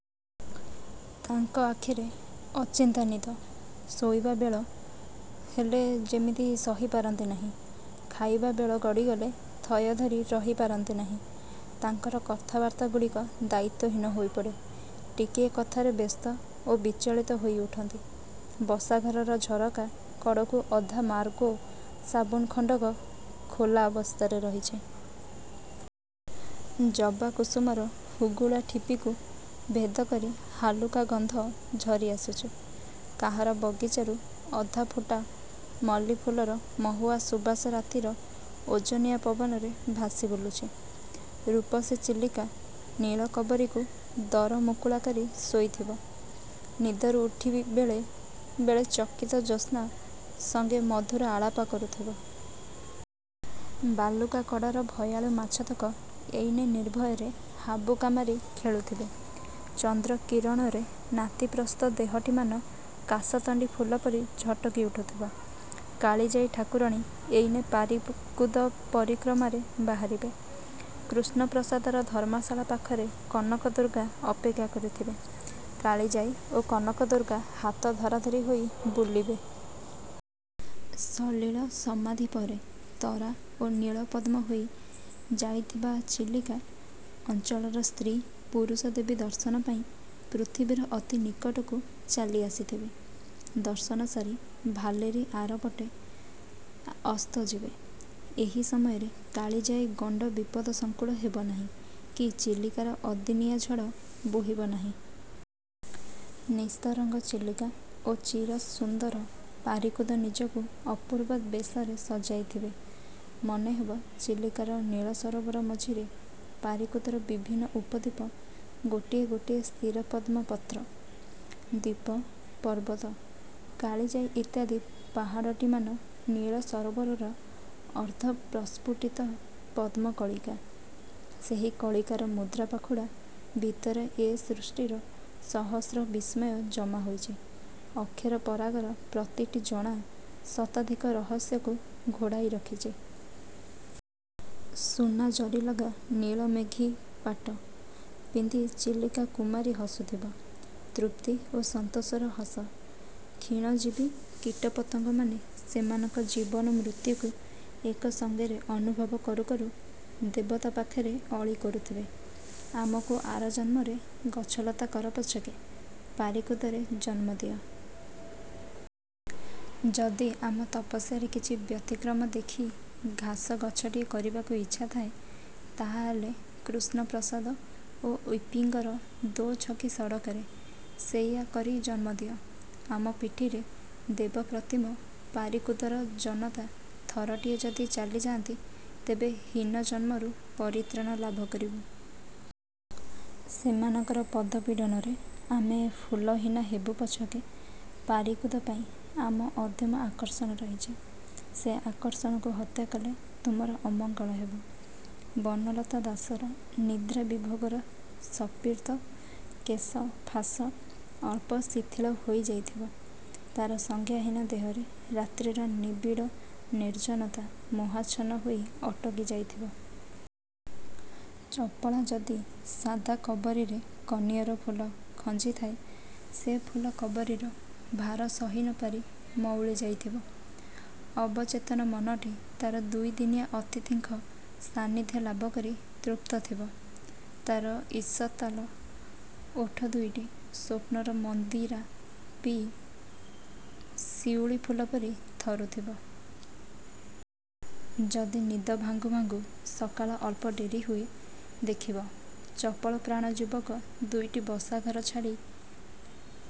ତାଙ୍କ ଆଖିରେ ଅଚିନ୍ତା ନିଦ। ଶୋଇବାବେଳ ହେଲେ ଯେମିତି ସହି ପାରନ୍ତି ନାହିଁ, ଖାଇବା ବେଳ ଗଡ଼ିଗଲେ ଥୟଧରି ରହି ପାରନ୍ତି ନାହିଁ। ତାଙ୍କର କଥାବାର୍ତ୍ତାଗୁଡ଼ିକ ଦାୟିତ୍ୱହୀନ ହୋଇପଡ଼େ। ଟିକିଏ କଥାରେ ବ୍ୟସ୍ତ ଓ ବିଚଳିତ ହୋଇ ଉଠନ୍ତି। ବସାଘରର ଝରକା କଡ଼କୁ ଅଧା 'ମାର୍ଗୋ ସାବୁନ' ଖଣ୍ଡକ ଖୋଲା ଅବସ୍ଥାରେ ରହିଛି। 'ଜବାକୁସୁମ'ର ହୁଗୁଳା ଠିପିକୁ ଭେଦ କରି ହାଲୁକା ଗନ୍ଧ ଝରି ଆସୁଛି। କାହାର ବଗିଚାରୁ ଅଧାଫୁଟା ମଲ୍ଲୀଫୁଲର ମହୁଆ ସୁବାସ ରାତିର ଓଜନିଆ ପବନରେ ଭାସି ବୁଲୁଛି। ରୂପସୀ-ଚିଲିକା ନୀଳ-କବରୀକୁ ଦରମୁକୁଳା କରି ଶୋଇଥିବ। ନିଦରୁ ଉଠିବି ବେଳେ ବେଳେ ଚକିତ ଜ୍ୟୋତ୍ସ୍ନା ସଙ୍ଗେ ମଧୁର ଆଳାପ କରୁଥିବ। ବାଲୁକା କଡ଼ର ଭୟାଳୁ ମାଛତକ ଏଇନେ ନିର୍ଭୟରେ ହାବୁକାମାରି ଖେଳୁଥିବେ। ଚନ୍ଦ୍ରକିରଣରେ ନାତିପ୍ରସ୍ଥ ଦେହଟିମାନ କାଶତଣ୍ଡି ଫୁଲପରି ଝଟକି ଉଠୁଥିବ। କାଳିଜାଈ ଠାକୁରାଣୀ ଏଇନେ ପାରିକୁଦ ପରିକ୍ରମାରେ ବାହାରିବେ। କୃଷ୍ଣପ୍ରସାଦର ଧର୍ମଶାଳା ପାଖରେ କନକ ଦୁର୍ଗା ଅପେକ୍ଷା କରିଥିବେ। କାଳିଜାଈ ଓ କନକ ଦୁର୍ଗା ହାତ ଧରାଧରି ହୋଇ ବୁଲିବେ। ସଲିଳ ସମାଧିପରେ ତରା ଓ ନୀଳପଦ୍ମ ହୋଇ ଯାଇଥିବା ଚିଲିକା ଅଞ୍ଚଳର ସ୍ତ୍ରୀ ପୁରୁଷ ଦେବୀ ଦର୍ଶନ ପାଇଁ ପୃଥିବୀର ଅତି ନିକଟକୁ ଚାଲି ଆସିଥିବେ। ଦର୍ଶନ ସାରି ଭାଲେରୀ ଆର ପଟେ ଅସ୍ତଯିବେ। ଏହି ସମୟରେ କାଳିଜାଈ ଗଣ୍ଡ ବିପଦ ସଙ୍କୁଳ ହେବ ନାହିଁ କି ଚିଲିକାର ଅଦିନିଆ ଝଡ଼ ବୋହିବ ନାହିଁ। ନିସ୍ତରଙ୍ଗ ଚିଲିକା ଓ ଚିରସୁନ୍ଦର ପାରିକୁଦ ନିଜକୁ ଅପୂର୍ବ ବେଶରେ ସଜାଇଥିବେ। ମନେହେବ, ଚିଲିକାର ନୀଳସରୋବର ମଝିରେ ପାରିକୁଦର ବିଭିନ୍ନ ଉପଦ୍ୱୀପ ଗୋଟିଏ ଗୋଟିଏ ସ୍ଥିର ପଦ୍ମ ପତ୍ର। ଦ୍ୱୀପ–ପର୍ବତ କାଳିଜାଈ ଇତ୍ୟାଦି ପାହାଡ଼ଟିମାନ ନୀଳ ସରୋବରର ଅର୍ଦ୍ଧ ପ୍ରସ୍ଫୁଟିତ ପଦ୍ମ–କଳିକା। ସେହି କଳିକାର ମୁଦ୍ରା ପାଖୁଡ଼ା ଭିତରେ ଏ ସୃଷ୍ଟିର ସହସ୍ର ବିସ୍ମୟ ଜମା ହୋଇଛି ଅକ୍ଷର ପରାଗର ପ୍ରତିଟି ଜଣା ଶତାଧିକ ରହସ୍ୟକୁ ଘୋଡ଼ାଇ ରଖିଛି। ସୁନା ଜରିଲଗା ନୀଳମେଘୀ ପାଟ ପିନ୍ଧି ଚିଲକା କୁମାରୀ ହସୁଥିବ; ତୃପ୍ତି ଓ ସନ୍ତୋଷର ହସ। କ୍ଷୀଣଜୀବୀ କୀଟପତଙ୍ଗମାନେ ସେମାନଙ୍କ ଜୀବନ ମୃତ୍ୟୁକୁ ଏକ ସଙ୍ଗରେ ଅନୁଭବ କରୁ କରୁ ଦେବତା ପାଖରେ ଅଳି କରୁଥିବେ, ଆମକୁ ଆର ଜନ୍ମରେ ଗଛଲତା କର ପଛକେ ପାରିକୁଦରେ ଜନ୍ମ ଦିଅ। ଯଦି ଆମ ତପସ୍ୟାରେ କିଛି ବ୍ୟତିକ୍ରମ ଦେଖି ଘାସ ଗଛଟିଏ କରିବାକୁ ଇଚ୍ଛା ଥାଏ, ତାହାହେଲେ କୃଷ୍ଣପ୍ରସାଦ ଓ ଇପିଙ୍ଗର ଦୋ'ଛକି ସଡ଼କରେ ସେଇଆ କରି ଜନ୍ମଦିଅ। ଆମ ପିଠିରେ ଦେବପ୍ରତୀମ ପାରିକୁଦର ଜନତା ଥରଟିଏ ଯଦି ଚାଲିଯାନ୍ତି, ତେବେ। ହୀନ ଜନ୍ମରୁ ପରିତ୍ରାଣ ଲାଭକରିବୁ। ସେମାନଙ୍କର ପଦପୀଡ଼ନରେ ଆମେ ଫୁଲହୀନା ହେବୁ ପଛକେ ପାରିକୁଦ ପାଇଁ ଆମ ଅଦମ୍ୟ ଆକର୍ଷଣ ରହିଛି। ସେ ଆକର୍ଷଣକୁ ହତ୍ୟା କଲେ ତୁମର ଅମଙ୍ଗଳ ହେବ। ବନଲତା ଦାସର ନିଦ୍ରାବିଭୋଗର ସର୍ପିତ-କେଶ-ଫାଶ ଅଳ୍ପ ଶିଥିଳ ହୋଇ ଯାଇଥିବ। ତାର ସଂଜ୍ଞାହୀନ ଦେହରେ ରାତ୍ରିର ନିବିଡ଼ ନିର୍ଜନତା ମୋହାଚ୍ଛନ୍ନ ହୋଇ ଅଟକି ଯାଇଥିବ। ଚପଳା ଯଦି ସାଦା କବରୀରେ କନିଅର ଫୁଲ ଖଞ୍ଜିଥାଏ, ସେ ଫୁଲ କବରୀର ଭାର ସହି ନପାରି ମଉଳି ଯାଇଥିବ। ଅବଚେତନ ମନଟି ତାର ଦୁଇଦିନିଆ ଅତିଥିଙ୍କ ସାନ୍ନିଧ୍ୟ ଲାଭକରି ତୃପ୍ତ ଥିବ। ତାର ଇଷତ୍ଲାଲ ଓଠ ଦୁଇଟି ସ୍ୱପ୍ନର ମନ୍ଦିରା ପିଇ ଶିଉଳୀଫୁଲ ପରି ଥରୁଥିବ। ଯଦି ନିଦ ଭାଙ୍ଗୁ ଭାଙ୍ଗୁ ସକାଳ ଅଳ୍ପ ଡେରି ହୁଏ, ଦେଖିବ, ଚପଳପ୍ରାଣ ଯୁବକ ଦୁଇଟି ବସାଘର ଛାଡ଼ି